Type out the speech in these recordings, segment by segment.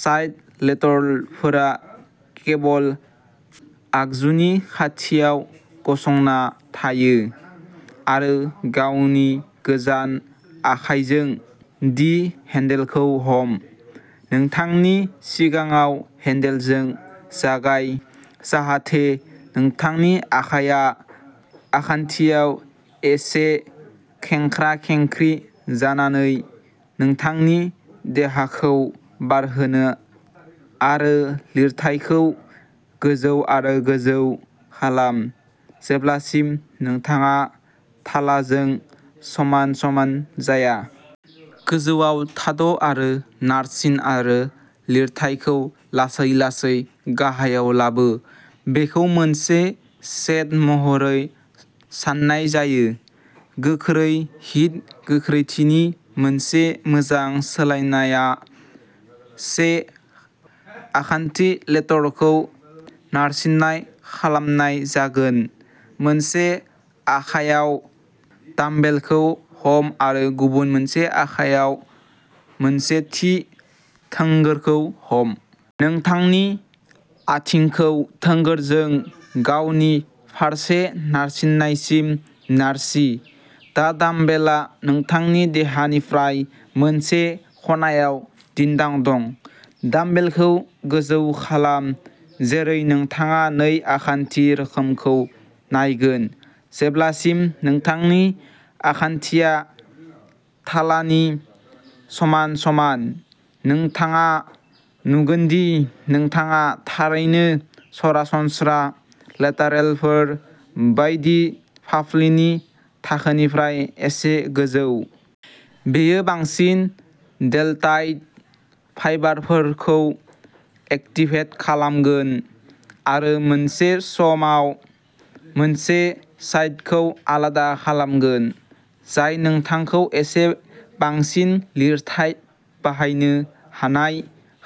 Side लेटरलफोरा cable आगजुनि खाथियाव गसंना थायो आरो गावनि गोजान आखायजों डि हैंडलखौ हम। नोंथांनि सिगाङाव हैंडलजों जागाय, जाहाथे नोंथांनि आखाइआ आखान्थिआव एसे खेंख्रा-खेंख्रि जानानै नोंथांनि देहाखौ बारहोनो आरो लिरथायखौ गोजौ आरो गोजौ खालाम, जेब्लासिम नोंथाङा थालाजों समान समान जाया। गोजौआव थाद' आरो नारसि आरो लिरथायखौ लासै-लासै गाहायाव लाबो, बेखौ मोनसे सेट महरै सान्नाय जायो। गोख्रै हिट गोख्रैथिनि मोनसे मोजां सोलायनायआ से आखान्थि लेटरलखौ नारसिन्नाय खालामनाय जागोन। मोनसे आखायाव डाम्बेलखौ हम आरो गुबुन मोनसे आखायाव मोनसे थि थोंगोरखौ हम। नोंथांनि आथिंखौ थोंगोरजों गावनि फारसे नारसिन्नायसिम नारसि। दा डाम्बेलआ नोंथांनि देहानिफ्राय मोनसे खनायाव दिन्दां दं। डाम्बेलखौ गोजौ खालाम, जेरै नोंथाङा नै आखान्थि रोखोमखौ नायगोन, जेब्लासिम नोंथांनि आखान्थिया थालानि समान समान। नोंथाङा नुगोन दि नोंथाङा थारैनो सरासनस्रा लेटारेलफोर बायदि फाफ्लिनि थाखानिफ्राय एसे गोजौ। बेयो बांसिन डेलटाइड फाइबारफोरखौ एक्टिभेट खालामगोन आरो मोनसे समाव मोनसे साइडखौ आलादा खालामगोन, जाय नोंथांखौ एसे बांसिन लिरथाइ बाहायनो हानाय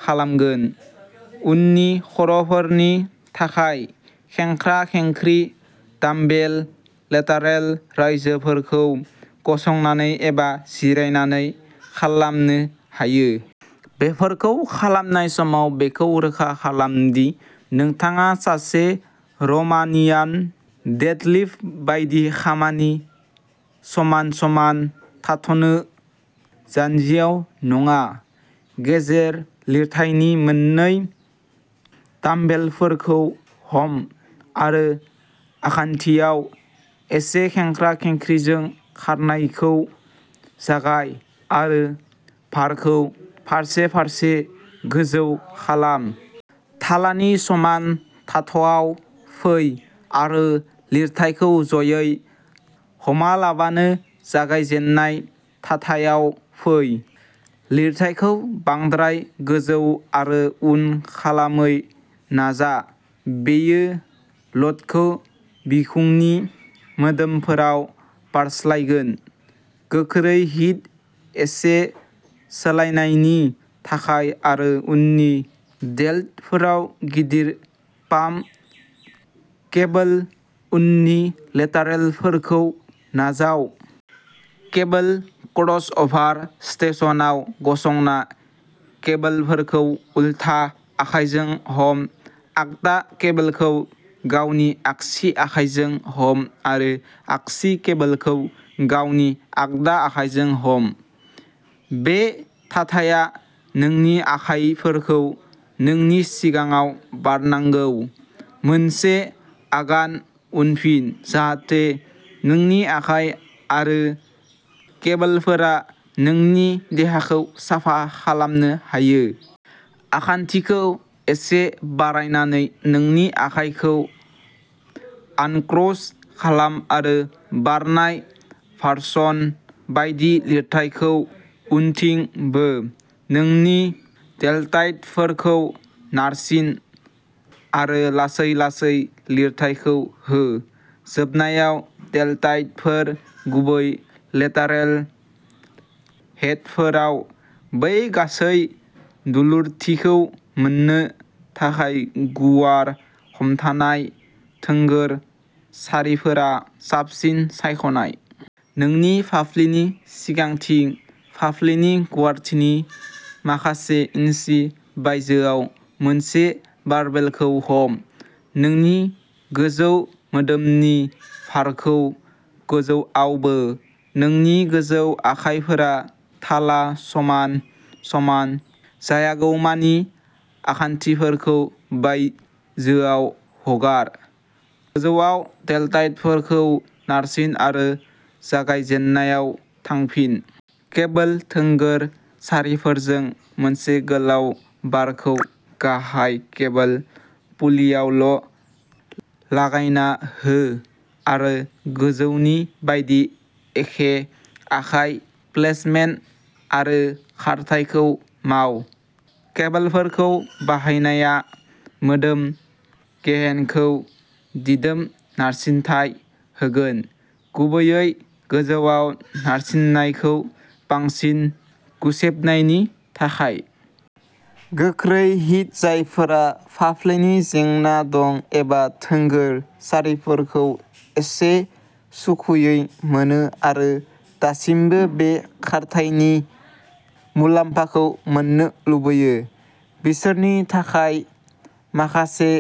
खालामगोन। उननि खर'फोरनि थाखाय खेंख्रा-खेंख्रि डामबेल लेटारेल राइजोफोरखौ गसंनानै एबा जिरायनानै खालामनो हायो। बेफोरखौ खालामनाय समाव बेखौ रोखा खालाम दि नोंथाङा सासे र'मानियान डेडलिफ्ट बायदि खामिनि समान समान थाथ'नो, जान्जियाव नङा। गेजेर लिरथायनि मोन्नै डामबेलफोरखौ हम आरो आखान्थिआव एसे खेंख्रा-खेंख्रिजों खारनायखौ जागाय आरो भारखौ फारसे-फारसे गोजौ खालाम। थालानि समान थाथ'आव फै आरो लिरथायखौ ज'यै हमालाबानो जागायजेननाय थाथायाव फै। लिरथायखौ बांद्राय गोजौ आरो उन खालामै नाजा बेयो ल'डखौ बिखुंनि मोदोमफोराव बारस्लायगोन। गोख्रै हिट एसे सोलायनायनि थाखाय आरो उननि डेल्टफोराव गिदिर पाम्प केबोल उननि लेटारेलफोरखौ नाजाव। केबोल क्रसअभार स्टेशनाव गसंना केबोलफोरखौ उलथा आखाइजों हम आगदा केबोलखौ गावनि आगसि आखाइजों हम आरो आगसि केबोलखौ गावनि आगदा आखाइजों हम। बे थाथाया नोंनि आखाइफोरखौ नोंनि सिगाङाव बारनांगौ। मोनसे आगान उनफिन जाहाथे नोंनि आखाइ आरो केबोलफोरा नोंनि देहाखौ साफा खालामनो हायो। आखान्थिखौ एसे बारायनानै नोंनि आखाइखौ आनक्रस खालाम आरो बारनाय भारसन बायदि लिरथायखौ उनथिं बो। नोंनि डेल्टाइडफोरखौ नारसिन आरो लासै-लासै लिरथायखौ हो। जोबनायाव डेल्टाइडफोर, गुबैयै लेटारेल हेडफोराव बै गासै दुलुरथिखौ मोन्नो थाखाय, गुवार हमथानाय थोंगोर सारिफोरा साबसिन सायख'नाय। नोंनि फाफ्लिनि सिगांथिं फाफ्लिनि गुवारथिनि माखासे इन्सि बायजोआव मोनसे बारबेलखौ हम। नोंनि गोजौ मोदोमनि भारखौ गोजौआव बो। नोंनि गोजौ आखाइफोरा थाला समान समान जायागौमानि आखान्थिफोरखौ बायजोआव हगार। गोजौआव डेल्टाइडफोरखौ नारसिन आरो जागायजेननायाव थांफिन। केबोल थोंगोर सारिफोरजों मोनसे गोलाव बारखौ गाहाय केबोल पुलिआवल' लागायना हो आरो गोजौनि बायदि एखे आखाइ प्लेसमेन्ट आरो खारथाइखौ माव। केबोलफोरखौ बाहायनाया मोदोम गेहेनखौ दिदोम नारसिनथाय होगोन, गुबैयै गोजौआव नारसिन्नायखौ बांसिन गुसेबनायनि थाखाय। गोख्रै हिट जायफोरा फाफ्लिनि जेंना दं एबा थोंगोर सारिफोरखौ एसे सुखुयै मोनो आरो दासिमबो बे खारथायनि मुलाम्फाखौ मोननो लुबैयो, बिसोरनि थाखाय माखासे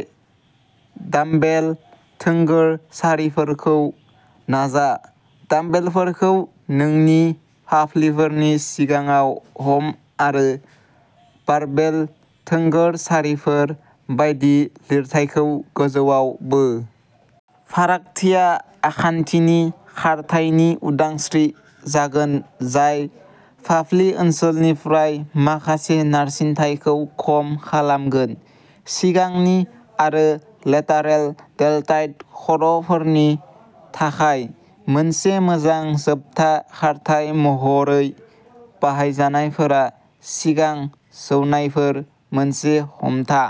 डामबेल थोंगोर सारिफोरखौ नाजा। डामबेलफोरखौ नोंनि फाफ्लिफोरनि सिगाङाव हम आरो बारबेल थोंगोर सारिफोर बायदि लिरथायखौ गोजौआव बो। फारागथिया आखान्थिनि खारथायनि उदांस्रि जागोन जाय फाफ्लि ओनसोलनिफ्राय माखासे नारसिनथायखौ खम खालामगोन। सिगांनि आरो लेटारेल डेलटाइड खर'फोरनि थाखाय मोनसे मोजां जोबथा खारथाइ महरै बाहायजानायफोरा सिगां जौनायफोर मोनसे हमथा।